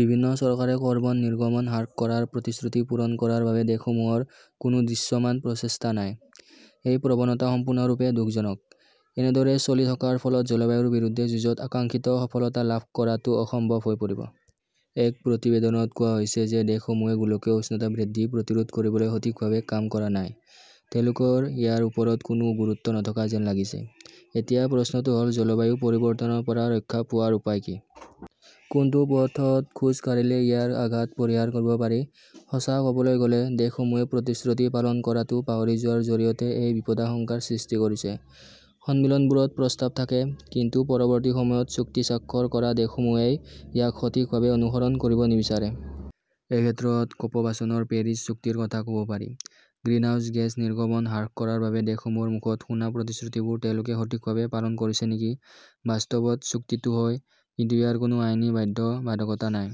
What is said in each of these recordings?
বিভিন্ন চৰকাৰে কৰ্বন নিৰ্গমন হ্ৰাস কৰাৰ প্ৰতিশ্ৰুতি পূৰণ কৰাৰ বাবে দেশসমূহৰ কোনো দৃশ্যমান প্ৰচেষ্টা নাই। এই প্ৰৱণতা সম্পূৰ্ণৰূপে দুখজনক। এনেদৰে চলি থকাৰ ফলত জলবায়ুৰ বিৰুদ্ধে যুঁজত আকাংক্ষিত সফলতা লাভ কৰাটো অসম্ভৱ হৈ পৰিব। এক প্ৰতিবেদনত কোৱা হৈছে যে দেশসমূহে গোলকীয় উষ্ণতা বৃদ্ধি প্ৰতিৰোধ কৰিবলৈ সঠিকভাৱে কাম কৰা নাই। তেওঁলোকৰ ইয়াৰ ওপৰত কোনো গুৰুত্ব নথকা যেন লাগিছে! এতিয়া প্ৰশ্নটো হ'ল জলবায়ু পৰিৱৰ্তনৰ পৰা ৰক্ষা পোৱাৰ উপায় কি? কোনটো পথত খোজ কাঢ়িলে ইয়াৰ আঘাত পৰিহাৰ কৰিব পাৰি? সঁচা ক'বলৈ গ'লে, দেশসমূহে প্ৰতিশ্ৰুতি পালন কৰাটো পাহৰি যোৱাৰ জৰিয়তে এই বিপদাশংকাৰ সৃষ্টি কৰিছে। সন্মিলনবোৰত প্ৰস্তাৱ থাকে, কিন্তু পৰৱৰ্তী সময়ত চুক্তি স্বাক্ষৰ কৰা দেশসমূহেই ইয়াক সঠিকভাৱে অনুসৰণ কৰিব নিবিচাৰে। এই ক্ষেত্ৰত ক 'প- বা চনৰ পেৰিছ চুক্তিৰ কথা ক' ব পাৰি। গ্ৰীণহাউছ গেছ নিৰ্গমন হ্ৰাস কৰাৰ বাবে দেশসমূহৰ মুখত শুনা প্ৰতিশ্ৰুতিবোৰ তেওঁলোকে সঠিকভাৱে পালন কৰিছে নেকি? বাস্তৱত, চুক্তিটো হয়, কিন্তু ইয়াৰ কোনো আইনী বাধ্যবাধকতা নাই।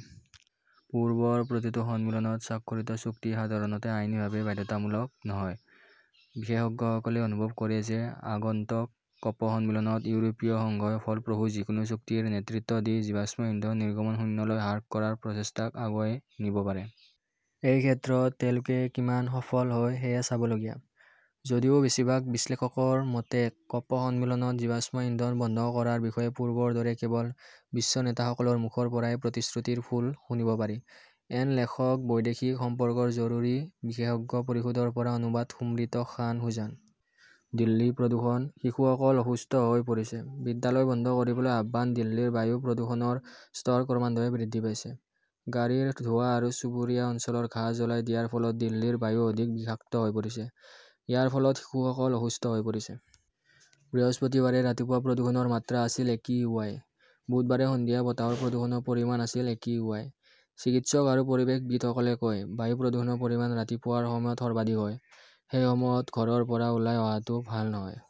পূৰ্বৰ প্ৰতিটো সন্মিলনত স্বাক্ষৰিত চুক্তি সাধাৰণতে আইনীভাৱে বাধ্যতামূলক নহয়। বিশেষজ্ঞসকলে অনুভৱ কৰে যে আগন্তুক কপ- সন্মিলনত ইউৰোপীয় সংঘই ফলপ্ৰসূ যিকোনো চুক্তিৰ নেতৃত্ব দি জীৱাশ্ম ইন্ধন নিৰ্গমন 'শূন্য' লৈ হ্ৰাস কৰাৰ প্ৰচেষ্টাক আগুৱাই নিব পাৰে। এই ক্ষেত্ৰত তেওঁলোকে কিমান সফল হয় সেয়া চাবলগীয়া। যদিও বেছিভাগ বিশ্লেষকৰ মতে, কপ- সন্মিলনত জীৱাশ্ম ইন্ধন বন্ধ কৰাৰ বিষয়ে পূৰ্বৰ দৰে কেৱল বিশ্ব নেতাসকলৰ মুখৰ পৰাই প্ৰতিশ্ৰুতিৰ ফুল শুনিব পাৰি! এন লেখকঃ বৈদেশিক সম্পৰ্কৰ জৰুৰী বিশেষজ্ঞ পৰিষদৰ পৰা অনুবাদঃ সুম্ৰীত খান সুজান। দিল্লী প্ৰদূষণঃ শিশুসকল অসুস্থ হৈ পৰিছে, বিদ্যালয় বন্ধ কৰিবলৈ আহ্বান দিল্লীৰ বায়ু প্ৰদূষণৰ স্তৰ ক্ৰমান্বয়ে বৃদ্ধি পাইছে। গাড়ীৰ ধোঁৱা আৰু চুবুৰীয়া অঞ্চলৰ ঘাঁহ জ্বলাই দিয়াৰ ফলত দিল্লীৰ বায়ু অধিক বিষাক্ত হৈ পৰিছে। ইয়াৰ ফলত শিশুসকল অসুস্থ হৈ পৰিছে। বৃহস্পতিবাৰে ৰাতিপুৱা প্ৰদূষণৰ মাত্ৰা আছিল একিউআই। বুধবাৰে সন্ধিয়া বতাহৰ প্ৰদূষণৰ পৰিমাণ আছিল একিউআই। চিকিৎসক আৰু পৰিৱেশবিদসকলে কয়, "বায়ু প্ৰদূষণৰ পৰিমাণ ৰাতিপুৱাৰ সময়ত সৰ্বাধিক হয়। সেই সময়ত ঘৰৰ পৰা ওলাই অহাটো ভাল নহয়।